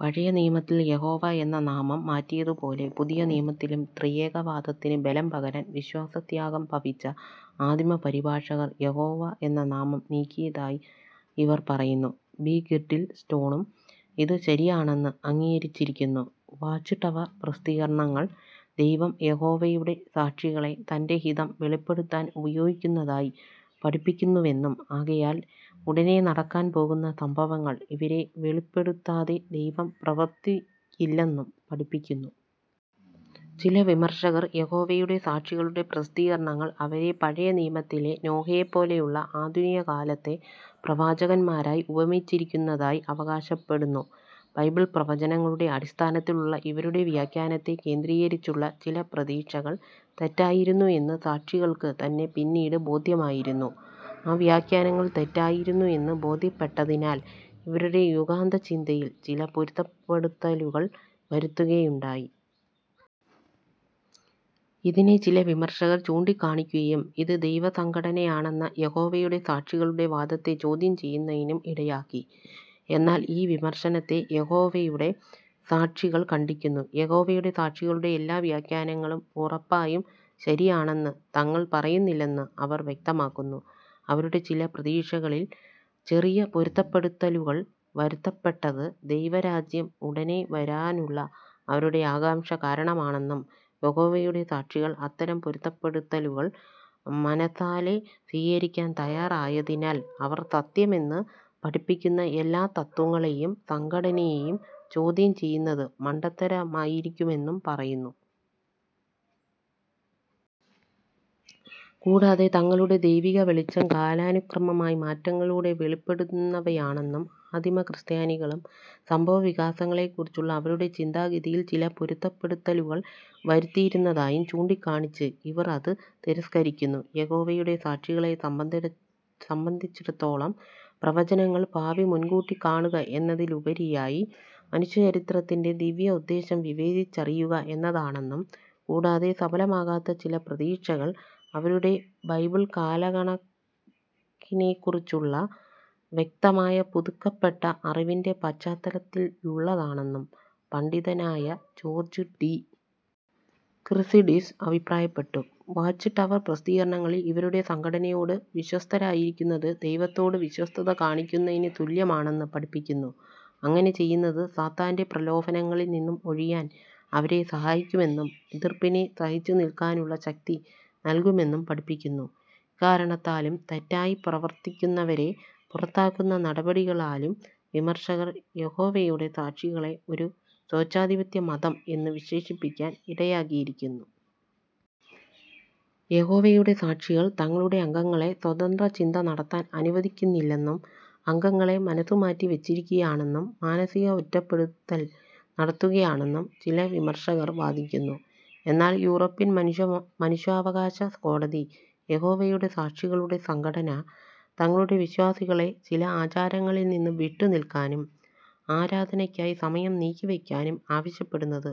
പഴയനിയമത്തിൽ യഹോവ എന്ന നാമം മാറ്റിയതുപോലെ പുതിയനിയമത്തിലും ത്രിയേകവാദത്തിന് ബലം പകരാൻ വിശ്വാസത്യാഗം ഭവിച്ച ആദിമ പരിഭാഷകർ യഹോവ എന്ന നാമം നീക്കിയതായി ഇവർ പറയുന്നു. ബി. ഗിർഡിൽ സ്റ്റോണും ഇത് ശരിയാണെന്ന് അംഗീകരിച്ചിരിക്കുന്നു. വാച്ച്ടവർ പ്രസിദ്ധീകരണങ്ങൾ, ദൈവം യഹോവയുടെ സാക്ഷികളെ തൻ്റെ ഹിതം വെളിപ്പെടുത്താൻ ഉപയോഗിക്കുന്നതായി പഠിപ്പിക്കുന്നുവെന്നും, ആകയാൽ ഉടനെ നടക്കാൻ പോകുന്ന സംഭവങ്ങൾ ഇവരെ വെളിപ്പെടുത്താതെ ദൈവം പ്രവർത്തിക്കില്ലെന്നും പഠിപ്പിക്കുന്നു. ചില വിമർശകർ യഹോവയുടെ സാക്ഷികളുടെ പ്രസിദ്ധീകരണങ്ങൾ അവരെ പഴയനിയമത്തിലെ നോഹയെപ്പോലെയുള്ള ആധുനികകാലത്തെ പ്രവാചകന്മാരായി ഉപമിച്ചിരിക്കുന്നതായി അവകാശപ്പെടുന്നു. ബൈബിൾ പ്രവചനങ്ങളുടെ അടിസ്ഥാനത്തിലുള്ള ഇവരുടെ വ്യാഖ്യാനത്തെ കേന്ദ്രീകരിച്ചുള്ള ചില പ്രതീക്ഷകൾ തെറ്റായിരുന്നു എന്ന് സാക്ഷികൾക്ക് തന്നെ പിന്നീട് ബോധ്യമായിരുന്നു. ആ വ്യാഖ്യാനങ്ങൾ തെറ്റായിരുന്നു എന്ന് ബോധ്യപ്പെട്ടതിനാൽ ഇവരുടെ യുഗാന്തചിന്തയിൽ ചില പൊരുത്തപ്പെടുത്തലുകൾ വരുത്തുകയുണ്ടായി. ഇതിനെ ചില വിമർശകർ ചൂണ്ടിക്കാണിക്കുകയും ഇത് ദൈവസംഘടനയാണെന്ന യഹോവയുടെ സാക്ഷികളുടെ വാദത്തെ ചോദ്യം ചെയ്യുന്നതിനും ഇടയാക്കി. എന്നാൽ ഈ വിമർശനത്തെ യഹോവയുടെ സാക്ഷികൾ ഖണ്ഡിക്കുന്നു. യഹോവയുടെ സാക്ഷികളുടെ എല്ലാ വ്യാഖ്യാനങ്ങളും ഉറപ്പായും ശരിയാണെന്ന് തങ്ങൾ പറയുന്നില്ലെന്ന് അവർ വ്യക്തമാക്കുന്നു. അവരുടെ ചില പ്രതീക്ഷകളിൽ ചെറിയ പൊരുത്തപ്പെടുത്തലുകൾ വരുത്തപ്പെട്ടത് ദൈവരാജ്യം ഉടനെ വരാനുള്ള അവരുടെ ആകാംക്ഷ കാരണമാണെന്നും യഹോവയുടെ സാക്ഷികൾ അത്തരം പൊരുത്തപ്പെടുത്തലുകൾ മനസ്സാലെ സ്വീകരിക്കാൻ തയ്യാറായതിനാൽ അവർ സത്യമെന്ന് പഠിപ്പിക്കുന്ന എല്ലാ തത്ത്വങ്ങളെയും സംഘടനയെയും ചോദ്യം ചെയ്യുന്നത് മണ്ടത്തരമായിരിക്കുമെന്നും പറയുന്നു. കൂടാതെ തങ്ങളുടെ ദൈവിക വെളിച്ചം കാലാനുക്രമമായി മാറ്റങ്ങളിലൂടെ വെളിപ്പെടുന്നവയാണെന്നും അദിമ ക്രിസ്ത്യാനികളും സംഭവവികാസങ്ങളെക്കുറിച്ചുള്ള അവരുടെ ചിന്താഗതിയിൽ ചില പൊരുത്തപ്പെടുത്തലുകൾ വരുത്തിയിരുന്നതായും ചൂണ്ടിക്കാണിച്ച് ഇവർ അത് തിരസ്കരിക്കുന്നു. യഹോവയുടെ സാക്ഷികളെ സംബന്ധിച്ചിടത്തോളം പ്രവചനങ്ങൾ ഭാവി മുൻകൂട്ടി കാണുക എന്നതിലുപരിയായി മനുഷ്യചരിത്രത്തിൻ്റെ ദിവ്യ ഉദ്ദേശ്യം വിവേചിച്ചറിയുക എന്നതാണെന്നും കൂടാതെ സഫലമാകാത്ത ചില പ്രതീക്ഷകൾ അവരുടെ ബൈബിൾ കാലകണക്കിനെക്കുറിച്ചുള്ള വ്യക്തമായ പുതുക്കപ്പെട്ട അറിവിൻ്റെ പശ്ചാത്തലത്തിലുള്ളതാണെന്നും പണ്ഡിതനായ ജോർജ് ഡി. ക്രിസിഡിസ് അഭിപ്രായപ്പെട്ടു. വാച്ച്ടവർ പ്രസിദ്ധീകരണങ്ങളിൽ ഇവരുടെ സംഘടനയോട് വിശ്വസ്തരായിരിക്കുന്നത് ദൈവത്തോട് വിശ്വസ്തത കാണിക്കുന്നതിന് തുല്യമാണെന്ന് പഠിപ്പിക്കുന്നു. അങ്ങനെ ചെയ്യുന്നത് സാത്താൻ്റെ പ്രലോഫനങ്ങളിൽ നിന്നും ഒഴിയാൻ അവരെ സഹായിക്കുമെന്നും, എതിർപ്പിനെ സഹിച്ചുനിൽക്കാനുള്ള ശക്തി നൽകുമെന്നും പഠിപ്പിക്കുന്നു. ഇക്കാരണത്താലും, തെറ്റായി പ്രവർത്തിക്കുന്നവരെ പുറത്താക്കുന്ന നടപടികളാലും വിമർശകർ യഹോവയുടെ സാക്ഷികളെ ഒരു "സ്വേച്ഛാധിപത്യമതം" എന്ന് വിശേഷിപ്പിക്കാൻ ഇടയാകിയിരിക്കുന്നു. യഹോവയുടെ സാക്ഷികൾ തങ്ങളുടെ അംഗങ്ങളെ സ്വതന്ത്രചിന്ത നടത്താൻ അനുവദിക്കുന്നില്ലെന്നും, അംഗങ്ങളെ മനസ്സുമാറ്റി വെച്ചിരിക്കുകയാണെന്നും മാനസിക ഒറ്റപ്പെടുത്തൽ നടത്തുകയാണെന്നും ചില വിമർശകർ വാദിക്കുന്നു. എന്നാൽ യൂറോപ്യൻ മനുഷ്യ മനുഷ്യാവകാശ കോടതി യഹോവയുടെ സാക്ഷികളുടെ സംഘടന, തങ്ങളുടെ വിശ്വാസികളെ ചില ആചാരങ്ങളിൽ നിന്ന് വിട്ടുനിൽക്കാനും ആരാധനയ്ക്കായി സമയം നീക്കിവെക്കാനും ആവശ്യപ്പെടുന്നത്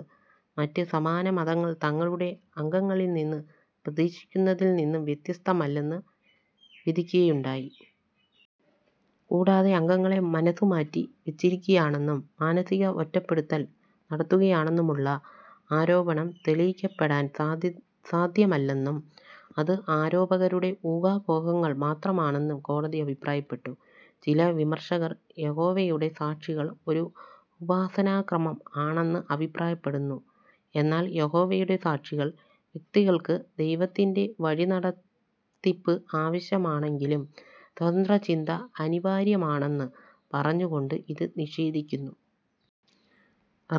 മറ്റ് സമാന മതങ്ങൾ തങ്ങളുടെ അംഗങ്ങളിൽ നിന്ന് പ്രതീക്ഷിക്കുന്നതിൽ നിന്ന് വ്യത്യസ്തമല്ലെന്ന് വിധിക്കുകയുണ്ടായി. കൂടാതെ അംഗങ്ങളെ മനസ്സുമാറ്റി വെച്ചിരിക്കുകയാണെന്നും മാനസിക ഒറ്റപ്പെടുത്തൽ നടത്തുകയാണെന്നുമുള്ള ആരോപണം തെളിയിക്കപ്പെടാൻ സാധ്യമല്ലെന്നും അത് ആരോപകരുടെ ഊഹാപോഹങ്ങൾ മാത്രമാണെന്നും കോടതി അഭിപ്രായപ്പെട്ടു. ചില വിമർശകർ യഹോവയുടെ സാക്ഷികൾ ഒരു ഉപാസനാക്രമം ആണെന്ന് അഭിപ്രായപ്പെടുന്നു. എന്നാൽ യഹോവയുടെ സാക്ഷികൾ വ്യക്തികൾക്ക് ദൈവത്തി ൻ്റെ വഴിനടത്തിപ്പ് ആവശ്യമാണെങ്കിലും സ്വതന്ത്രചിന്ത അനിവാര്യമാണെന്ന് പറഞ്ഞുകൊണ്ട് ഇത് നിഷേധിക്കുന്നു.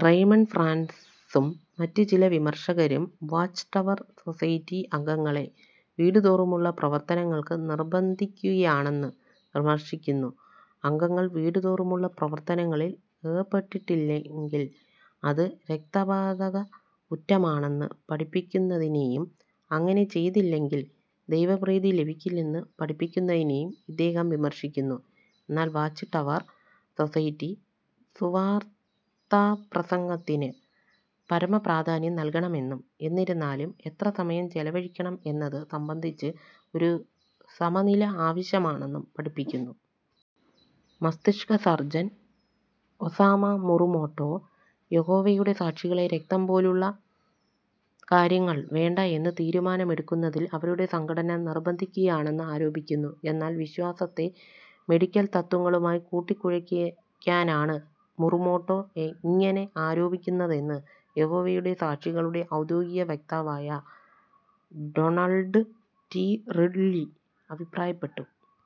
റയ്മണ്ട് ഫ്രാൻസും മറ്റ് ചില വിമർശകരും വാച്ച്ടവർ സൊസൈറ്റി അംഗങ്ങളെ വീടുതോറുമുള്ള പ്രവർത്തനങ്ങൾക്ക് നിർബന്ധിക്കുകയാണെന്ന് വിമർശിക്കുന്നു. അംഗങ്ങൾ വീടുതോറുമുള്ള പ്രവർത്തനങ്ങളിൽ ഏർപ്പെട്ടിട്ടില്ലെങ്കിൽ അത് രക്തപാതകകുറ്റമാണെന്ന് പഠിപ്പിക്കുന്നതിനെയും അങ്ങനെ ചെയ്തില്ലെങ്കിൽ ദൈവപ്രീതി ലഭിക്കില്ലെന്ന് പഠിപ്പിക്കുന്നതിനെയും ഇദ്ദേഹം വിമർശിക്കുന്നു. എന്നാൽ വാച്ച്ടവർ സൊസൈറ്റി സുവാർത്താപ്രസംഗത്തിന് പരമപ്രാധാന്യം നൽകണമെന്നും എന്നിരുന്നാലും എത്ര സമയം ചെലവഴിക്കണം എന്നത് സംബന്ധിച്ച് ഒരു സമനില ആവശ്യമാണെന്നും പഠിപ്പിക്കുന്നു. മസ്തിഷ്ക സർജൻ ഒസാമ മുറുമോട്ടോ യഹോവയുടെ സാക്ഷികളെ രക്തം പോലുള്ള കാര്യങ്ങൾ വേണ്ട എന്ന് തീരുമാനമെടുക്കുന്നതിൽ അവരുടെ സംഘടന നിർബന്ധിക്കുകയാണെന്ന് ആരോപിക്കുന്നു. എന്നാൽ വിശ്വാസത്തെ മെഡിക്കൽ തത്ത്വങ്ങളുമായി കൂട്ടിക്കുഴയ്ക്കാനാണ് മുറുമോട്ടോ ഇങ്ങനെ ആരോപിക്കുന്നതെന്ന് യഹോവയുടെ സാക്ഷികളുടെ ഔദ്യോഗിക വക്താവായ ഡൊണൾഡ് റ്റി. റിഡ്ലി അഭിപ്രായപ്പെട്ടു.